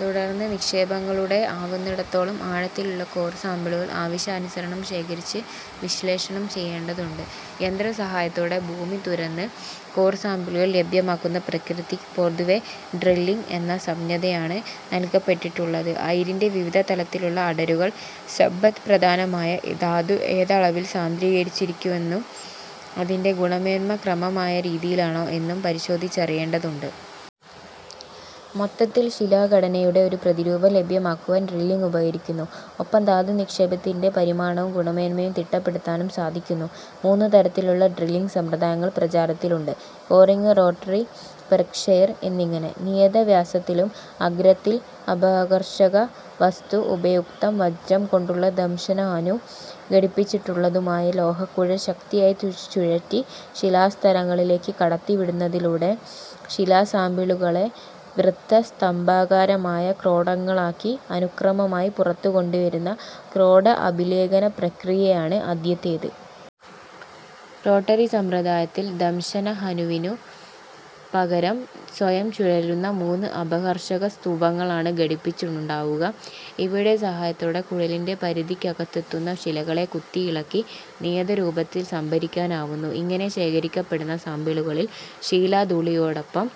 തുടർന്ന് നിക്ഷേപങ്ങളുടെ ആവുന്നിടത്തോളം ആഴത്തിലുള്ള കോർ സാമ്പിളുകൾ ആവശ്യാനുസരണം ശേഖരിച്ച് വിശ്ലേഷണം ചെയ്യേണ്ടതുണ്ട്. യന്ത്രസഹായത്തോടെ ഭൂമി തുരന്ന് കോർ സാമ്പിളുകൾ ലഭ്യമാക്കുന്ന പ്രക്രിയയ്ക്ക് പൊതുവേ ഡ്രില്ലിങ് എന്ന സംജ്ഞയാണ് നല്കപ്പെട്ടിട്ടുള്ളത്. അയിരിന്റെ വിവിധ തലങ്ങളിലുള്ള അടരുകളിൽ സമ്പദ്പ്രധാനമായ ധാതു ഏതളവിൽ സാന്ദ്രീകരിച്ചിരിക്കുന്നുവെന്നും അതിന്റെ ഗുണമേന്മ ക്രമമായ രീതിയിലാണോ എന്നും പരിശോധിച്ചറിയേണ്ടതുണ്ട്. മൊത്തത്തിൽ ശിലാഘടനയുടെ ഒരു പ്രതിരൂപം ലഭ്യമാക്കുവാൻ ഡ്രില്ലിങ് ഉപകരിക്കുന്നു. ഒപ്പം ധാതുനിക്ഷേപത്തിന്റെ പരിമാണവും ഗുണമേന്മയും തിട്ടപ്പെടുത്താനും സാധിക്കുന്നു. മൂന്നുതരത്തിലുള്ള ഡ്രില്ലിങ് സമ്പ്രദായങ്ങൾ പ്രചാരത്തിലുണ്ട്: കോറിങ്, റോട്ടറി, പെർക്കഷൻ എന്നിങ്ങനെ. നിയത വ്യാസത്തിലും അഗ്രത്തിൽ അപഘർഷക വസ്തു ഉപയുക്തം വജ്രം കൊണ്ടുള്ള ദംശന-ഹനു ഘടിപ്പിച്ചിട്ടുള്ളതുമായ ലോഹക്കുഴൽ ശക്തിയായി ചുഴറ്റി ശിലാസ്തരങ്ങളിലേക്ക് കടത്തിവിടുന്നതിലൂടെ ശിലാസാമ്പിളുകളെ വൃത്തസ്തംഭാകാരമായ ക്രോഡങ്ങളാക്കി അനുക്രമമായി പുറത്തുകൊണ്ടുവരുന്ന 'ക്രോഡ-അഭിലേഖന' പ്രക്രിയയാണ് ആദ്യത്തേത്. റോട്ടറി സമ്പ്രദായത്തിൽ ദംശനഹനുവിനു പകരം സ്വയം ചുഴലുന്ന മൂന്ന് അപഘർഷക-സ്തൂപങ്ങളാണ് ഘടിപ്പിച്ചിട്ടുണ്ടാവുക. ഇവയുടെ സഹായത്തോടെ കുഴലിന്റെ പരിധിക്കകത്തെത്തുന്ന ശിലകളെ കുത്തിയിളക്കി നിയത രൂപത്തിൽ സംഭരിക്കാനാവുന്നു; ഇങ്ങനെ ശേഖരിക്കപ്പെടുന്ന സാമ്പിളുകളിൽ ശിലാധൂളിയോടൊപ്പം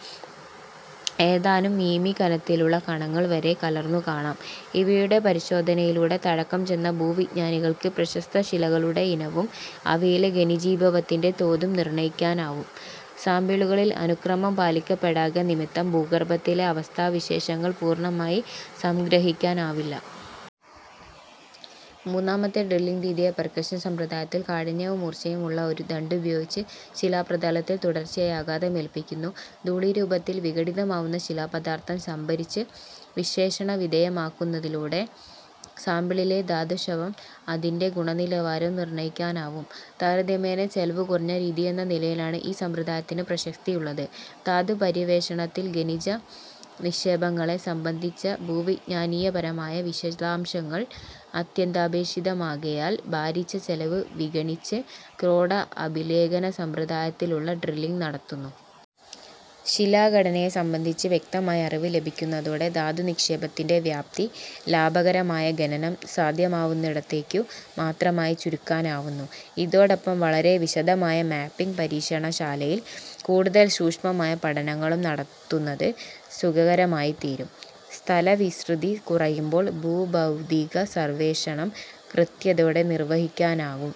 ഏതാനും മി. മീ. കനത്തിലുള്ള കണങ്ങൾ വരെ കലർന്നു കാണാം. ഇവയുടെ പരിശോധനയിലൂടെ തഴക്കംചെന്ന ഭൂവിജ്ഞാനികൾക്ക് പ്രസക്ത ശിലകളുടെഇനവും അവയിലെ ഖനിജീഭവനത്തിന്റെ തോതും നിർണയിക്കാനാവും; സാമ്പിളുകളിൽ അനുക്രമം പാലിക്കപ്പെടായ്ക നിമിത്തം ഭൂഗർഭത്തിലെ അവസ്ഥാവിശേഷങ്ങൾ പൂർണമായി സംഗ്രഹിക്കാനാവില്ല. മൂന്നാമത്തെ ഡ്രില്ലിങ് രീതിയായ പെർക്കഷൻ സമ്പ്രദായത്തിൽ കാഠിന്യവും മൂർച്ചയും ഉള്ള ഒരു ദണ്ഡുപയോഗിച്ച് ശിലാപ്രതലത്തിൽ തുടർച്ചയായി ആഘാതമേല്പിക്കുന്നു; ധൂളീരൂപത്തിൽ വിഘടിതമാവുന്ന ശിലാപദാർഥം സംഭരിച്ച് വിശ്ളേഷണവിധേയമാക്കുന്നതിലൂടെ സാമ്പിളിലെ ധാത്വംശവും അതിന്റെ ഗുണനിലവാരവും നിർണയിക്കാനാവും. താരതമ്യേന ചെലവുകുറഞ്ഞ രീതിയെന്നനിലയിലാണ് ഈ സമ്പ്രദായത്തിനു പ്രസക്തിയുള്ളത്. ധാതുപര്യവേക്ഷണത്തിൽ ഖനിജ നിക്ഷേപങ്ങളെ സംബന്ധിച്ച ഭൂവിജ്ഞാനീയപരമായ വിശദാംശങ്ങൾ അത്യന്താപേക്ഷിതമാകയാൽ ഭാരിച്ച ചെലവ് വിഗണിച്ച് ക്രോഡ-അഭിലേഖനസമ്പ്രദായത്തിലുള്ള ഡ്രില്ലിങ് നടത്തുന്നു. ശിലാഘടനയെ സംബന്ധിച്ച് വ്യക്തമായ അറിവ് ലഭിക്കുന്നതോടെ ധാതുനിക്ഷേപത്തിന്റെ വ്യാപ്തി ലാഭകരമായ ഖനനം സാധ്യമാവുന്നിടത്തേക്കു മാത്രമായി ചുരുക്കാനാവുന്നു. ഇതോടൊപ്പം വളരെ വിശദമായ മാപ്പിങ്ങും പരീക്ഷണശാലയിൽ കൂടുതൽ സൂക്ഷ്മമായ പഠനങ്ങളും നടത്തുന്നത് സുഖകരമായിത്തീരും. സ്ഥലവിസ്തൃതി കുറയുമ്പോൾ ഭൂഭൌതിക സർവേഷണം കൃത്യതയോടെ നിർവഹിക്കാനാവും.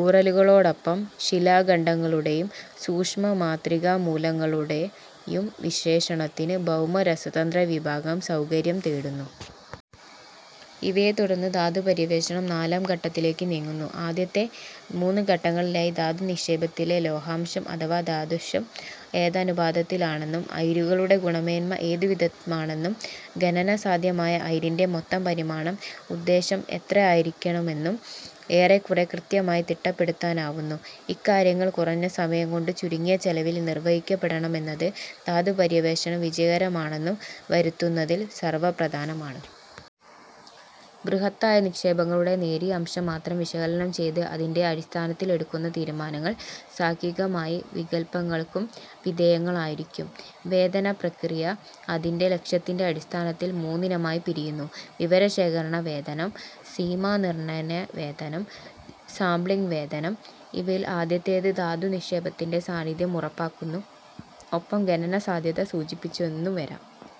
ഊറലുകളോടൊപ്പം ശിലാഖണ്ഡങ്ങളുടെയും സൂക്ഷ്മമാത്രികാമൂലകങ്ങളുടെയും വിശ്ലേഷണത്തിന് ഭൗമ രസതന്ത്ര വിഭാഗം സൗകര്യം തേടുന്നു. ഇവയെത്തുടർന്ന് ധാതുപര്യവേഷണം നാലാം ഘട്ടത്തിലേക്കു നീങ്ങുന്നു. ആദ്യത്തെ മൂന്നുഘട്ടങ്ങളിലായി ധാതുനിക്ഷേപത്തിലെ ലോഹാംശം അഥവാ ധാത്വംശം ഏതനുപാതത്തിലാണെന്നും അയിരുകളുടെ ഗുണമേന്മ ഏതു വിധമാണെന്നും, ഖനന സാധ്യമായ അയിരിന്റെ മൊത്തം പരിമാണം ഉദ്ദേശം എത്രയായിരിക്കുമെന്നും ഏറെക്കുറെ കൃത്യമായി തിട്ടപ്പെടുത്താനാവുന്നു. ഇക്കാര്യങ്ങൾ കുറഞ്ഞ സമയംകൊണ്ട്, ചുരുങ്ങിയ ചെലവിൽ നിർവഹിക്കപ്പെടണമെന്നത്, ധാതുപര്യവേഷണം വിജയകരമാണെന്നു വരുത്തുന്നതിൽ സർവപ്രധാനമാണ്. ബൃഹത്തായ നിക്ഷേപങ്ങളുടെ നേരിയ അംശം മാത്രം വിശകലനം ചെയ്ത് അതിന്റെ അടിസ്ഥാനത്തിൽ എടുക്കുന്ന തീരുമാനങ്ങൾ സാംഖ്യികമായ വികല്പങ്ങൾക്കു വിധേയങ്ങളായിരിക്കും. വേധന പ്രക്രിയ, അതിന്റെ ലക്ഷ്യത്തിന്റെ അടിസ്ഥാനത്തിൽ മൂന്നിനമായി പിരിയുന്നു: വിവരശേഖരണ വേധനം; സീമാനിർണയന വേധനം; സാമ്പ്ളിങ് വേധനം. ഇവയിൽ ആദ്യത്തേത് ധാതുനിക്ഷേപത്തിന്റെ സാന്നിധ്യം ഉറപ്പാക്കുന്നു; ഒപ്പം ഖനനസാധ്യത സൂചിപ്പിച്ചുവെന്നുംവരാം.